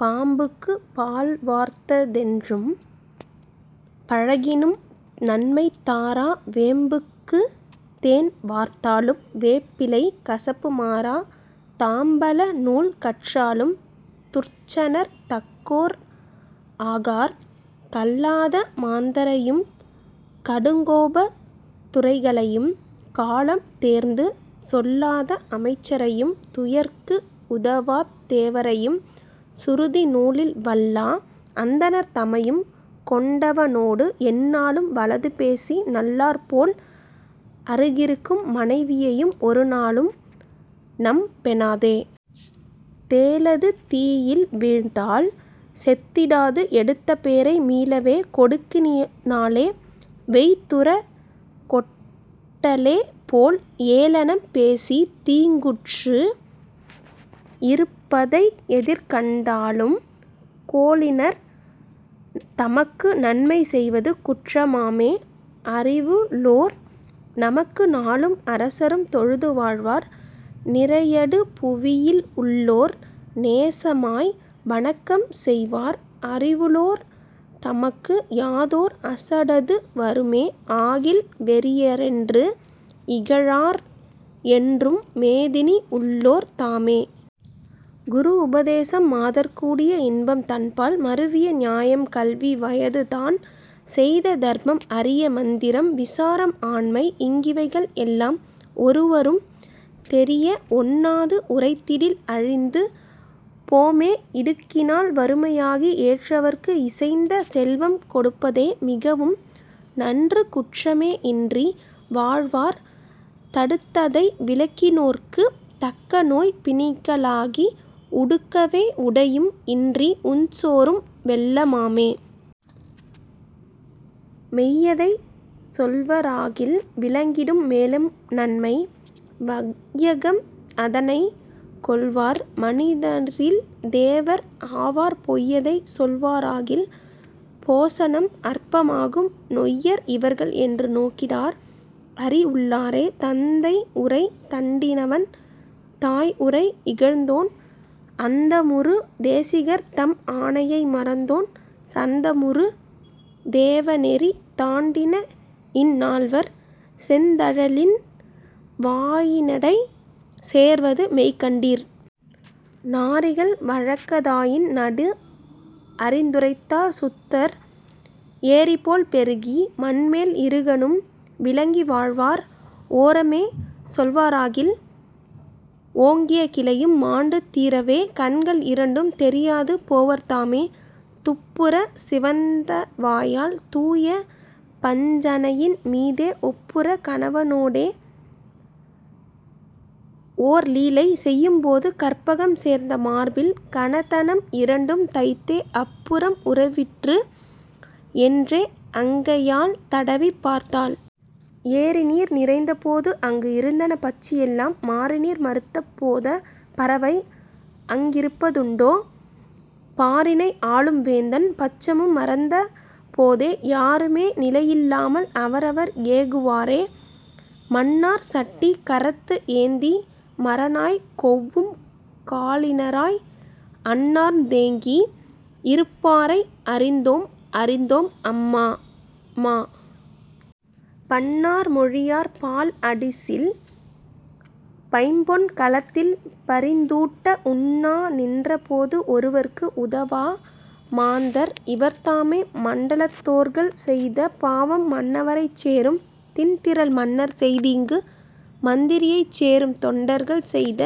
பாம்புக்கு பால்வார்த் தென்றும் பழகினும் நன்மை தாரா வேம்புக்கு தேன்வார்த்தாலும் வேப்பிலை கசப்பு மாறா தாம்பல நூல் கற்றாலும் துர்ச்சனர் தக்கோர் ஆகார். கல்லாத மாந்தரையும் கடுங்கோபத் துரைகளையும் காலம் தேர்ந்து சொல்லாத அமைச்சரையும் துயர்க்கு உதவாத் தேவரையும் சுருதி நூலில் வல்லா அந்தணர் தமையும் கொண்டவனோடு எந்நாளும் வலது பேசி நல்லார் போல் அருகிருக்கும் மனைவியையும் ஒருநாளும் நம்பெணாதே. தேளது தீயில் வீழ்ந்தால் செத்திடாது எடுத்தபேரை மீளவே கொடுக்கினாலே வெய்துறக் கொட்டலேபோல் ஏளனம் பேசித் தீங்குற்று இருப்பதை எதிர்கண்டாலும் கோளினர் தமக்கு நன்மை செய்வது குற்றமாமே. அறிவுளோர் தமக்கு நாளும் அரசரும் தொழுது வாழ்வார் நிறையடு புவியில் உள்ளோர் நேசமாய் வணக்கம் செய்வார் அறிவுளோர் தமக்கு யாதோர் அசடது வருமே ஆகில் வெறியரென்று இகழார் என்றும் மேதினி உள்ளோர் தாமே. குரு உபதேசம் மாதர்கூடிய இன்பம் தன்பால் மருவிய நியாயம் கல்வி வயது தான் செய்த தர்மம் அரிய மந்திரம் விசாரம் ஆண்மை இங்கிவைகள் எல்லாம் ஒருவரும் தெரிய ஒண்ணாது உரைத்திடில் அழிந்து போமே. இடுக்கினால் வறுமையாகி ஏற்றவர்க்கு இசைந்த செல்வம் கொடுப்பதே மிகவும் நன்று குற்றமே இன்றி வாழ்வார் தடுத்ததை விலக்கினோர்க்குத் தக்கநோய் பிணிகளாகி உடுக்கவே உடையும் இன்றி உண்சோறும் வெல்லமாமே. மெய்யதை சொல்வராகில் விளங்கிடும் மேலும் நன்மை வையகம் அதனைக் கொள்வார் மனிதரில் தேவர் ஆவார் பொய்யதை சொல்வாராகில் போசனம் அற்பமாகும் நொய்யர் இவர்கள் என்று நோக்கிடார் அறிஉள்ளோரே. தந்தை உரை தட்டினவன் தாய் உரை இகழ்ந்தோன் அந்தமுறு தேசிகர் தம் ஆணையை மறந்தோன் சந்தமுறு வேத நெறி தாண்டின இந்நால்வர் செந்தழலின் வாயினிடைச் சேர்வது மெய் கண்டீர். நாரிகள் வழக்கதாயின் நடு அறிந்துரைத்தார் சுத்தர் ஏரிபோல் பெருகி மண்மேல் இருகணும் விளங்கி வாழ்வார் ஓரமே சொல்வாராகில் ஓங்கிய கிளையும் மாண்டு தீரவே கண்கள் இரண்டும் தெரியாது போவர்தாமே. துப்புறச் சிவந்தவாயாள் தூய பஞ்சணையின் மீதே ஒப்புறக் கணவனோடே ஓர்லீலை செய்யும் போது கற்பகம் சேர்ந்த மார்பில் கனதனம் இரண்டும் தைத்தே அப்புறம் உருவிற்று என்றே அங்கையால் தடவிப் பார்த்தாள். ஏரிநீர் நிறைந்த போது அங்கு இருந்தன பட்சி எல்லாம் மாரிநீர் மறுத்த போதப் பறவை அங்கிருப்பதுண்டோ? பாரினை ஆளும் வேந்தன் பட்சமும் மறந்தபோதே யாருமே நிலையில்லாமல் அவரவர் ஏகுவாரே. மண்ணார் சட்டி கரத்து ஏந்தி மரநாய் கௌவும் காலினராய் அண்ணார்ந் தேங்கி இருப்பாரை அறிந்தோம் அறிந்தோம் அம்மம்மா! பண்ணார் மொழியார் பால் அடிசில் பைம்பொன் கலத்தில் பரிந்தூட்ட உண்ணா நின்ற போது ஒருவர்க்கு உதவா மாந்தர் இவர்தாமே! மண்டலத்தோர்கள் செய்த பாவம் மன்னவரைச் சேரும் திண்திறல் மன்னர் செய்தீங்கு மந்திரியைச் சேரும் தொண்டர்கள் செய்த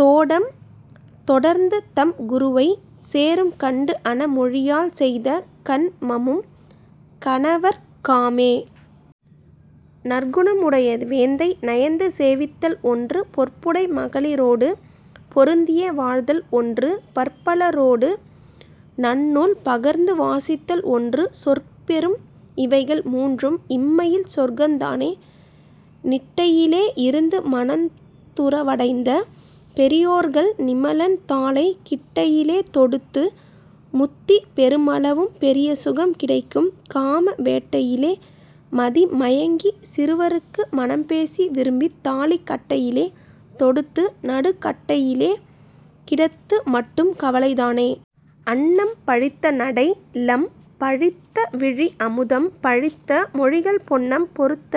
தோடம் தொடர்ந்து தம் குருவைச் சேரும் கண்டுஅன மொழியாள் செய்த கன்மமும் கணவர்க் காமே. நற்குணம் உடைய வேந்தை நயந்து சேவித்தல் ஒன்று பொற்புடை மகளிரோடு பொருந்தியே வாழ்தல் ஒன்று பற்பலரோடு நன்னூல் பகர்ந்து வாசித்தல் ஒன்று சொற்பெறும் இவைகள் மூன்றும் இம்மையில் சொர்க்கந் தானே. நிட்டையிலே இருந்து மனத் துறவடைந்த பெரியோர்கள் நிமலன் தாளைக் கிட்டையிலே தொடுத்து முத்தி பெருமளவும் பெரிய சுகம் கிடைக்கும் காம வெட்டையிலே மதிமயங்கிச் சிறுவருக்கு மணம்பேசி விரும்பித் தாலி கட்டையிலே தொடுத்து நடுக் கட்டையிலே கிடத்துமட்டும் கவலை தானே. அன்னம் பழித்தநடை லம் பழித்த விழி அமுதம் பழித்த மொழிகள் பொன்னம் பொருத்த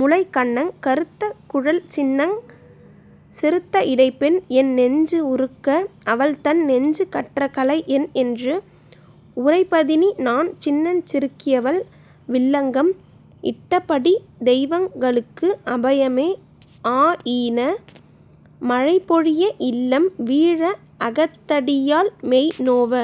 முலை கன்னங் கறுத்த குழல் சின்னஞ் சிறுத்த இடை பெண் என் நெஞ்சு உருக்க அவள்தன் நெஞ்சு கற்றகலை என்என்று உரைப்பதினி நான் சின்னஞ் சிறுக்கியவள் வில்லங்கம் இட்டபடி தெய்வங் களுக்கு அபயமே! ஆஈன மழைபொழிய இல்லம் வீழ அகத்தடியாள் மெய்நோவ